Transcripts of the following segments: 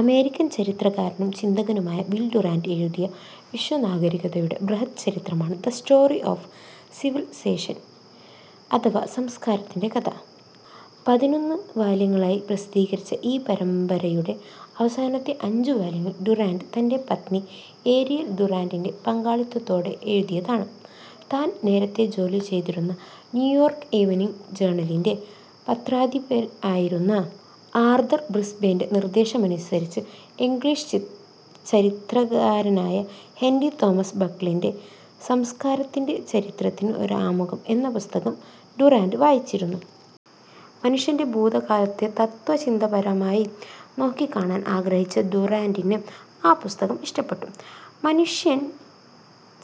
American ചരിത്രകാരനും ചിന്തകനുമായ Will Durant എഴുതിയ വിശ്വനാഗരികതയുടെ ബൃഹദ് ചരിത്രമാണ് ദ സ്റ്റോറി ഓഫ് സിവിലിസേഷൻ അഥവാ സംസ്കാരത്തിന്റെ കഥ. പതിനൊന്നു വാല്യങ്ങളായി പ്രസിദ്ധീകരിച്ച ഈ പരമ്പരയുടെ അവസാനത്തെ അഞ്ചു വാല്യങ്ങൾ ഡുറാന്റ്, തന്റെ പത്നി ഏരിയൽ ഡുറാന്റിന്റെ പങ്കാളിത്തത്തോടെ എഴുതിയതാണ്. താൻ നേരത്തേ ജോലിചെയ്തിരുന്ന ന്യൂയോർക്ക് ഈവനിങ്ങ് ജേർണലിന്റെ പത്രാധിപരായിരുന്ന ആർതർ ബ്രിസ്ബേന്റെ നിർദ്ദേശമനുസരിച്ച്, ഇംഗ്ലീഷ് ചരിത്രകാരനായ ഹെന്റി തോമസ് ബക്കിളിന്റെ "സംസ്കാരത്തിന്റെ ചരിത്രത്തിന് ഒരാമുഖം" എന്ന പുസ്തകം ഡുറാന്റ് വായിച്ചിരുന്നു. മനുഷ്യന്റെ ഭൂതകാലത്തെ തത്ത്വചിന്താപരമായി നോക്കിക്കാണാൻ ആഗ്രഹിച്ച ഡുറാന്റിന് ആ പുസ്തകം ഇഷ്ടപ്പെട്ടു. മനുഷ്യ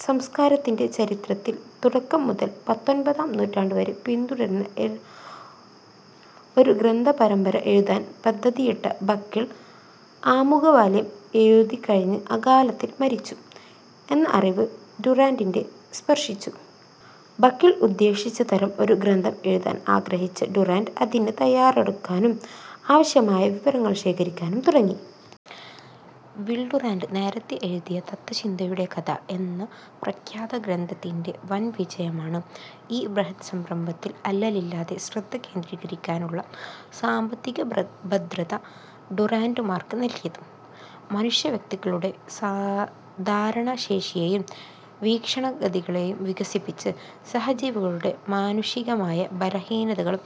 സംസ്കാരത്തിന്റെ ചരിത്രത്തെ തുടക്കം മുതൽ പത്തൊൻപതാം നൂറ്റാണ്ടുവരെ പിന്തുടരുന്ന ഒരു ഗ്രന്ഥപരമ്പര എഴുതാൻ പദ്ധതിയിട്ട ബക്കിൾ ആമുഖവാല്യം എഴുതിക്കഴിഞ്ഞ് അകാലത്തിൽ മരിച്ചു എന്ന അറിവ് ഡുറാന്റിന്റെ സ്പർശിച്ചു. ബക്കിൾ ഉദ്ദേശിച്ചതരം ഒരു ഗ്രന്ഥം എഴുതാൻ ആഗ്രഹിച്ച ഡുറാന്റ് അതിന് തയ്യാറെടുക്കാനും ആവശ്യമായ വിവരങ്ങൾ ശേഖരിക്കാനും തുടങ്ങി. വിൽ ഡുറാന്റ് നേരത്തെ എഴുതിയ "തത്ത്വചിന്തയുടെ കഥ" എന്ന പ്രഖ്യാതഗ്രന്ഥത്തിന്റെ വൻ വിജയമാണ്, ഈ ബൃഹദ്സംരംഭത്തിൽ അല്ലലില്ലാതെ ശ്രദ്ധ കേന്ദ്രീകരിക്കാനുള്ള സാമ്പത്തിക ഭദ്രത ഡുറാന്റുമാക്ക് നൽകിയത്. മനുഷ്യവ്യക്തികളുടെ ധാരണാശേഷിയും വീക്ഷണഗതികളും വികസിപ്പിച്ച്, സഹജീവികളുടെ മാനുഷികമായ ബലഹീനതകളും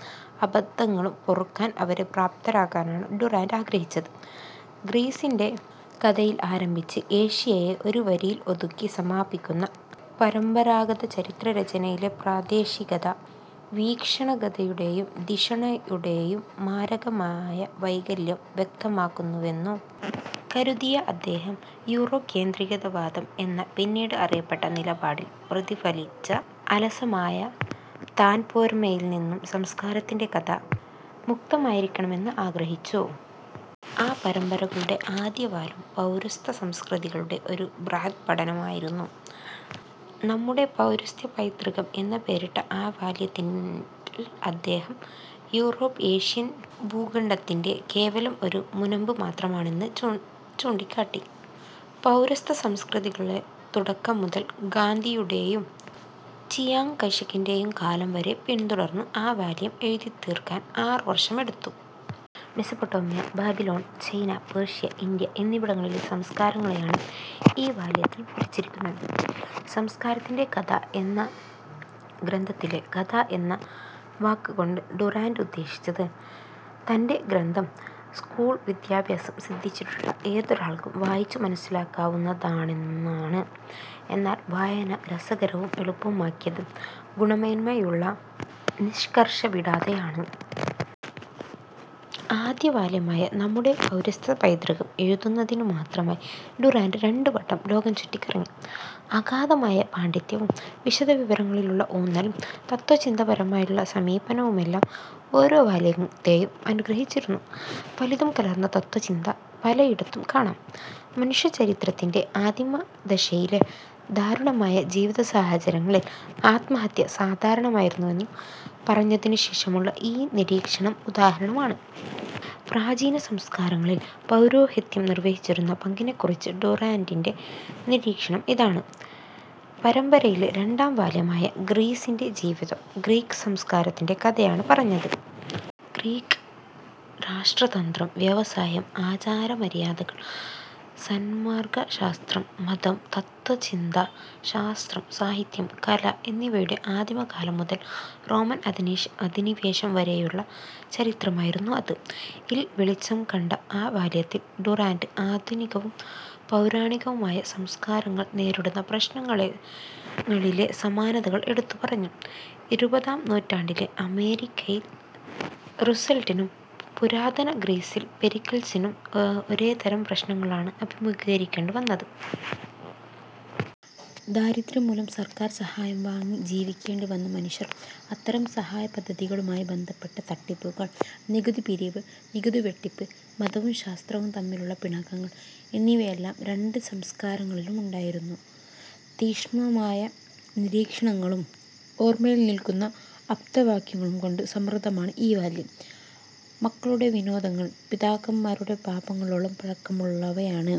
അബദ്ധങ്ങളും പൊറുക്കാൻ അവരെ പ്രാപ്തരാക്കാനാണ് ഡുറാന്റ് ആഗ്രഹിച്ചത്. "ഗ്രീസിന്റെ കഥയിൽ ആരംഭിച്ച്, ഏഷ്യയെ ഒരുവരിയിൽ ഒതുക്കി സമാപിക്കുന്ന പരമ്പരാഗത ചരിത്രരചനയിലെ പ്രാദേശികത, വീക്ഷണഗതിയുടേയും ധിഷണയുടേയും മാരകമായ വൈകല്യം വ്യക്തമാക്കുന്നുവെന്നു" കരുതിയ അദ്ദേഹം, യൂറോകേന്ദ്രീകൃതവാദം എന്ന് പിന്നീട് അറിയപ്പെട്ട നിലപാടിൽ പ്രതിഫലിച്ച അലസമായ താൻപോരിമയിൽ നിന്ന് സംസ്കാരത്തിന്റെ കഥ മുക്തമായിരിക്കണമെന്ന് ആഗ്രഹിച്ചു. ആ പരമ്പരയുടെ ആദ്യവാല്യം പൗരസ്ത്യസംസ്കൃതികളുടെ ഒരു ബൃഹദ്പഠനമായിരുന്നു. "നമ്മുടെ പൗരസ്ത്യപൈതൃകം" എന്ന് പേരിട്ട ആ വാല്യത്തിൽ അദ്ദേഹം, യൂറോപ്പ് ഏഷ്യൻ ഭൂഖണ്ഡത്തിന്റെ കേവലം ഒരു മുനമ്പ് മാത്രമാണെന്ന് ചൂണ്ടിക്കാട്ടി. പൗരസ്ത്യസംസ്കൃതികളെ തുടക്കം മുതൽ ഗാന്ധിയുടേയും ചിയാങ്ങ് കൈഷേക്കിന്റേയും കാലം വരെ പിന്തുടർന്ന ആ വാല്യം എഴുതിത്തീർക്കാൻ അറു വർഷമെടുത്തു. Mesopotamia, Babylon, China, Persia, India എന്നിവിടങ്ങളിലെ സംസ്കാരങ്ങളാണ് ഈ വാല്യത്തിൽ വിവരിച്ചിരിക്കുന്നത്. "സംസ്കാരത്തിന്റെ കഥ" എന്ന ഗ്രന്ഥനാമത്തിലെ 'കഥ' എന്ന വാക്കുകൊണ്ട് ഡുറാന്റ് ഉദ്ദേശിച്ചത് തന്റെ ഗ്രന്ഥം സ്കൂൾ വിദ്യാഭ്യാസം സിദ്ധിച്ചിട്ടുള്ള ഏതൊരാൾക്കും വായിച്ചു മനസ്സിലാക്കാവുന്നതാണെന്നാണ്. എന്നാൽ വായന രസകരവും എളുപ്പവുമാക്കിയത് ഗുണമേന്മയിലുള്ള നിഷ്കർഷ വിടാതെയാണ്. ആദ്യവാല്യമായ "നമ്മുടെ പൗരസ്ത്യപൈതൃകം" എഴുതുന്നതിനുമാത്രമായി ഡുറാന്റ് രണ്ടുവട്ടം ലോകം ചുറ്റിക്കറങ്ങി. അഗാധമായ പാണ്ഡിത്യവും, വിശദവിവരങ്ങളിലുള്ള ഊന്നലും, തത്ത്വചിന്താപരമായ സമീപനവുമെല്ലാം ഓരോ വാല്യത്തേയും അനുഗ്രഹിച്ചിരുന്നു. ഫലിതം കലർന്ന തത്ത്വചിന്ത പലയിടത്തും കാണാം. മനുഷ്യചരിത്രത്തിന്റെ ആദിമദശയിലെ ദാരുണമായ ജീവിതസാഹചര്യങ്ങളിൽ ആത്മഹത്യ സാധാരണമായിരുന്നുവെന്ന് പറഞ്ഞതിനുശേഷമുള്ള ഈ നിരീക്ഷണം ഉദാഹരണമാണ്:- പ്രാചീനസംസ്കാരങ്ങളിൽ പൗരോഹിത്യം നിർവഹിച്ചിരുന്ന പങ്കിനെക്കുറിച്ച് ഡുറാന്റിന്റെ നിരീക്ഷണം ഇതാണ്:- പരമ്പരയിലെ രണ്ടാം വാല്യമായ "ഗ്രീസിന്റെ ജീവിതം", ഗ്രീക്ക് സംസ്കാരത്തിന്റെ കഥയാണ് പറഞ്ഞത്. ഗ്രീക്ക് രാഷ്ട്രതന്ത്രം, വ്യവസായം, ആചാരമര്യാദകൾ, സന്മാർഗശാസ്ത്രം, മതം, തത്ത്വചിന്ത, ശാസ്ത്രം, സാഹിത്യം, കല എന്നിവയുടെ ആദിമകാലം മുതൽ റോമൻ അധിനി അധിനി വേശം വരെയുള്ള ചരിത്രമായിരുന്നു അത്. -ൽ വെളിച്ചം കണ്ട ആ വാല്യത്തിൽ ഡുറാന്റ്, ആധുനികവും പൗരാണികവുമായ സംസ്കാരങ്ങൾ നേരിടുന്ന പ്രശ്നങ്ങളിലെ സമാനതകൾ എടുത്തുപറഞ്ഞു. ഇരുപതാം നൂറ്റാണ്ടിലെ അമേരിക്കയിൽ റുസ്വെൽറ്റിനും, പുരാതന ഗ്രീസിൽ പെരിക്കിൾസിനും ഒരേതരം പ്രശ്നങ്ങളെയാണ് അഭിമുഖീകരിക്കേണ്ടിവന്നത്. ദാരിദ്ര്യം മൂലം സർക്കാർ സഹായം വാങ്ങി ജീവിക്കേണ്ടി വന്ന മനുഷ്യർ, അത്തരം സഹായപദ്ധതികളുമായി ബന്ധപ്പെട്ട തട്ടിപ്പുകൾ, നികുതിപിരിവ്, നികുതിവെട്ടിപ്പ്, മതവും ശാസ്ത്രവുമായുള്ള പിണക്കങ്ങൾ എന്നിവയെല്ലാം, രണ്ടു സംസ്കാരങ്ങളിലുമുണ്ടായിരുന്നു. തീക്ഷ്ണമായ നിരീക്ഷണങ്ങളും ഓർമ്മയിൽ നിൽക്കുന്ന ആപ്തവാക്യങ്ങളും കൊണ്ട് സമൃദ്ധമാണ് ഈ വാല്യം. "മക്കളുടെ വിനോദങ്ങൾ പിതാക്കന്മാരുടെ പാപങ്ങളോളം പഴക്കമുള്ളവയാണ്"